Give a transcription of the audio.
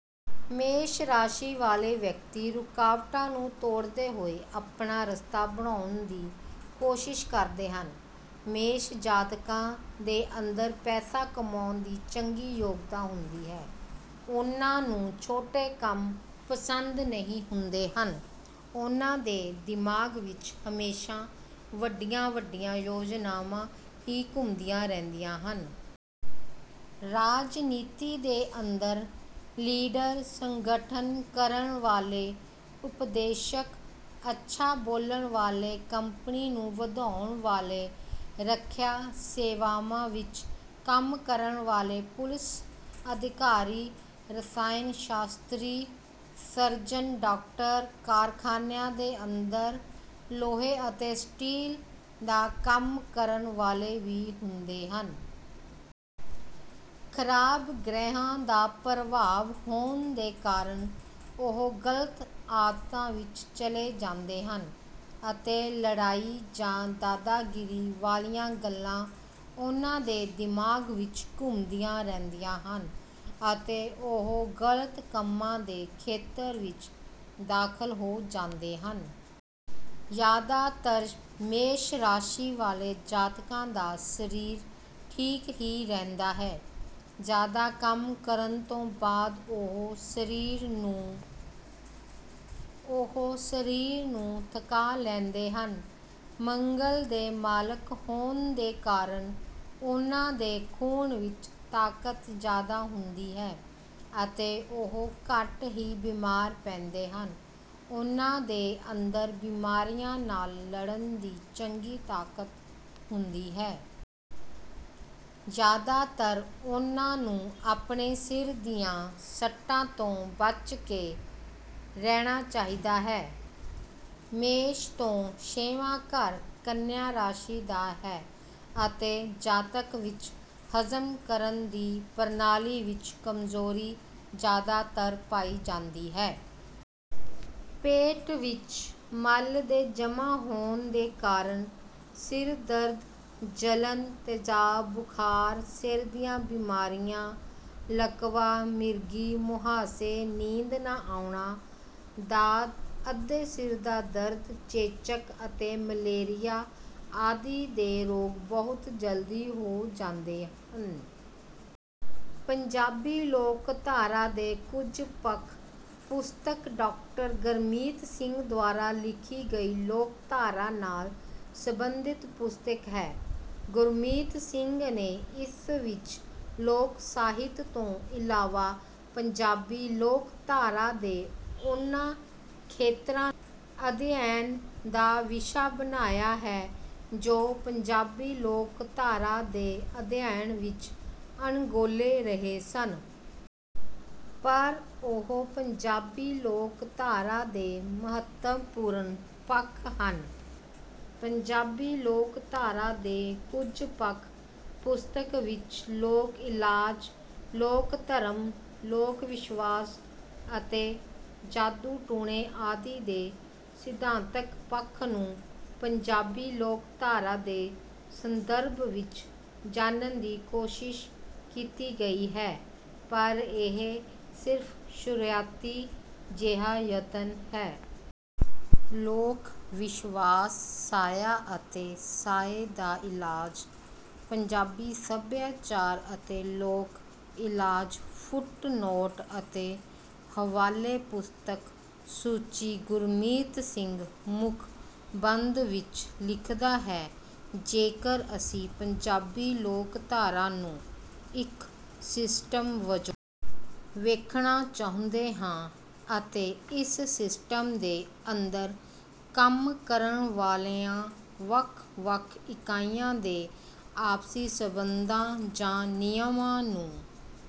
ਮੇਸ਼ ਰਾਸ਼ੀ ਵਾਲੇ ਵਿਅਕਤੀ ਰੁਕਾਵਟਾਂ ਨੂੰ ਤੋੜਦੇ ਹੋਏ ਆਪਣਾ ਰਸਤਾ ਬਣਾਉਣ ਦੀ ਕੋਸ਼ਿਸ਼ ਕਰਦੇ ਹਨ। ਮੇਸ਼ ਜਾਤਕਾਂ ਦੇ ਅੰਦਰ ਪੈਸਾ ਕਮਾਉਣ ਦੀ ਚੰਗੀ ਯੋਗਤਾ ਹੁੰਦੀ ਹੈ ਉਨ੍ਹਾਂ ਨੂੰ ਛੋਟੇ ਕੰਮ ਪਸੰਦ ਨਹੀਂ ਹੁੰਦੇ ਹਨ ਉਨ੍ਹਾਂ ਦੇ ਦਿਮਾਗ ਵਿੱਚ ਹਮੇਸ਼ਾ ਵੱਡੀਆਂ ਵੱਡੀਆਂ ਯੋਜਨਾਵਾਂ ਹੀ ਘੁੰਮਦੀਆਂ ਰਹਿੰਦੀਆਂ ਹਨ। ਰਾਜਨੀਤੀ ਦੇ ਅੰਦਰ ਲੀਡਰ ਸੰਗਠਨ ਕਰਨ ਵਾਲੇ ਉਪਦੇਸ਼ਕ ਅੱਛਾ ਬੋਲਣ ਵਾਲੇ ਕੰਪਨੀ ਨੂੰ ਵਧਾਉਣ ਵਾਲੇ ਰੱਖਿਆ ਸੇਵਾਵਾਂ ਵਿੱਚ ਕੰਮ ਕਰਨ ਵਾਲੇ ਪੁਲਿਸ ਅਧਿਕਾਰੀ ਰਸਾਇਨ ਸ਼ਾਸਤਰੀ ਸਰਜਨ ਡਾਕਟਰ ਕਾਰਖਾਨਿਆਂ ਦੇ ਅੰਦਰ ਲੋਹੇ ਅਤੇ ਸਟੀਲ ਦਾ ਕੰਮ ਕਰਨ ਵਾਲੇ ਵੀ ਹੁੰਦੇ ਹਨ। ਖਰਾਬ ਗ੍ਰਹਿਆਂ ਦਾ ਪ੍ਰਭਾਵ ਹੋਣ ਦੇ ਕਾਰਨ ਉਹ ਗਲਤ ਆਦਤਾਂ ਵਿੱਚ ਚਲੇ ਜਾਂਦੇ ਹਨ ਅਤੇ ਲੜਾਈ ਜਾਂ ਦਾਦਾਗੀਰੀ ਵਾਲੀਆਂ ਗੱਲਾਂ ਉਨ੍ਹਾਂ ਦੇ ਦਿਮਾਗ ਵਿੱਚ ਘੁੰਮਦੀਆਂ ਰਹਿੰਦੀਆਂ ਹਨ ਅਤੇ ਉਹ ਗਲਤ ਕੰਮਾਂ ਦੇ ਖੇਤਰ ਵਿੱਚ ਦਾਖਲ ਹੋ ਜਾਂਦੇ ਹਨ। ਜਿਆਦਾਤਰ ਮੇਸ਼ ਰਾਸ਼ੀ ਵਾਲੇ ਜਾਤਕਾਂ ਦਾ ਸਰੀਰ ਠੀਕ ਹੀ ਰਹਿੰਦਾ ਹੈ ਜਿਆਦਾ ਕੰਮ ਕਰਨ ਤੋਂ ਬਾਅਦ ਉਹ ਸਰੀਰ ਨੂੰ ਥੱਕਾ ਲੈਂਦੇ ਹਨ। ਮੰਗਲ ਦੇ ਮਾਲਕ ਹੋਣ ਦੇ ਕਾਰਨ ਉਨ੍ਹਾਂ ਦੇ ਖੂਨ ਵਿੱਚ ਤਾਕਤ ਜਿਆਦਾ ਹੁੰਦੀ ਹੈ ਅਤੇ ਉਹ ਘੱਟ ਹੀ ਬੀਮਾਰ ਪੈਂਦੇ ਹਨ ਉਨ੍ਹਾਂ ਦੇ ਅੰਦਰ ਬਿਮਾਰੀਆਂ ਨਾਲ ਲੜਨ ਦੀ ਚੰਗੀ ਤਾਕਤ ਹੁੰਦੀ ਹੈ। ਜਿਆਦਾਤਰ ਉਨ੍ਹਾਂ ਨੂੰ ਆਪਣੇ ਸਿਰ ਦੀਆਂ ਸੱਟਾਂ ਤੋਂ ਬਚ ਕੇ ਰਹਿਣਾ ਚਾਹੀਦਾ ਹੈ। ਮੇਸ਼ ਤੋਂ ਛੇਵਾਂ ਘਰ ਕੰਨਿਆ ਰਾਸ਼ੀ ਦਾ ਹੈ ਅਤੇ ਜਾਤਕ ਵਿੱਚ ਹਜ਼ਮ ਕਰਨ ਦੀ ਪ੍ਰਣਾਲੀ ਵਿੱਚ ਕਮਜ਼ੋਰੀ ਜਿਆਦਾਤਰ ਪਾਈ ਜਾਂਦੀ ਹੈ। ਪੇਟ ਵਿੱਚ ਮਲ ਦੇ ਜਮ੍ਹਾਂ ਹੋਣ ਦੇ ਕਾਰਨ ਸਿਰਦਰਦ ਜਲਨ ਤੇਜ਼ ਬੁਖਾਰ ਸਿਰ ਦੀਆਂ ਬੀਮਾਰੀਆਂ ਲਕਵਾ ਮਿਰਗੀ ਮੁਹਾਸੇ ਨੀਂਦ ਨਾ ਆਉਣਾ ਦਾਦ ਅੱਧੇ ਸਿਰ ਦਾ ਦਰਦ ਚੇਚਕ ਅਤੇ ਮਲੇਰੀਆ ਆਦਿ ਦੇ ਰੋਗ ਬਹੁਤ ਜਲਦੀ ਹੋ ਜਾਂਦੇ ਹਨ। ਪੰਜਾਬੀ ਲੋਕਧਾਰਾ ਦੇ ਕੁਝ ਪੱਖ ਪੁਸਤਕ ਡਾਕਟਰ ਗੁਰਮੀਤ ਸਿੰਘ ਦੁਆਰਾ ਲਿਖੀ ਗਈ ਲੋਕਧਾਰਾ ਨਾਲ ਸਬੰਧਿਤ ਪੁਸਤਕ ਹੈ। ਗੁਰਮੀਤ ਸਿੰਘ ਨੇ ਇਸ ਵਿੱਚ ਲੋਕ ਸਾਹਿਤ ਤੋਂ ਇਲਾਵਾ ਪੰਜਾਬੀ ਲੋਕਧਾਰਾ ਦੇ ਉਨ੍ਹਾਂ ਖੇਤਰਾਂ ਨੂੰ ਅਧਿਐਨ ਦਾ ਵਿਸ਼ਾ ਬਣਾਇਆ ਹੈ ਜੋ ਪੰਜਾਬੀ ਲੋਕਧਾਰਾ ਦੇ ਅਧਿਐਨ ਵਿੱਚ ਅਣਗੌਲੇ ਰਹੇ ਸਨ। ਪਰ ਉਹ ਪੰਜਾਬੀ ਲੋਕਧਾਰਾ ਦੇ ਮਹੱਤਵਪੂਰਨ ਪੱਖ ਹਨ। ਪੰਜਾਬੀ ਲੋਕਧਾਰਾ ਦੇ ਕੁਝ ਪੱਖ ਪੁਸਤਕ ਵਿੱਚ ਲੋਕ ਇਲਾਜ ਲੋਕ ਧਰਮ ਲੋਕ ਵਿਸ਼ਵਾਸ ਅਤੇ ਜਾਦੂ ਟੂਣੇ ਆਦਿ ਦੇ ਸਿਧਾਂਤਕ ਪੱਖ ਨੂੰ ਪੰਜਾਬੀ ਲੋਕਧਾਰਾ ਦੇ ਸੰਦਰਭ ਵਿੱਚ ਜਾਣਨ ਦੀ ਕੋਸ਼ਿਸ਼ ਕੀਤੀ ਗਈ ਹੈ ਪਰ ਇਹ ਸਿਰਫ ਸ਼ੁਰੂਆਤੀ ਜਿਹਾ ਯਤਨ ਹੈ। ਲੋਕ ਵਿਸ਼ਵਾਸ ਸਾਇਆ ਅਤੇ ਸਾਏ ਦਾ ਇਲਾਜ ਪੰਜਾਬੀ ਸਭਿਆਚਾਰ ਅਤੇ ਲੋਕ ਇਲਾਜ ਫੁੱਟ ਨੋਟ ਅਤੇ ਹਵਾਲੇ ਪੁਸਤਕ ਸੂਚੀ ਗੁਰਮੀਤ ਸਿੰਘ ਮੁੱਖ ਬੰਦ ਵਿੱਚ ਲਿਖਦਾ ਹੈ ਜੇਕਰ ਅਸੀਂ ਪੰਜਾਬੀ ਲੋਕਧਾਰਾ ਨੂੰ ਇੱਕ ਸਿਸਟਮ ਵਜੋਂ ਵੇਖਣਾ ਚਾਹੁੰਦੇ ਹਾਂ ਅਤੇ ਇਸ ਸਿਸਟਮ ਦੇ ਅੰਦਰ ਕੰਮ ਕਰਨ ਵਾਲੀਆਂ ਵੱਖ ਵੱਖ ਇਕਾਈਆਂ ਦੇ ਆਪਸੀ ਸਬੰਧਾਂ ਜਾਂ ਨਿਯਮ ਨੂੰ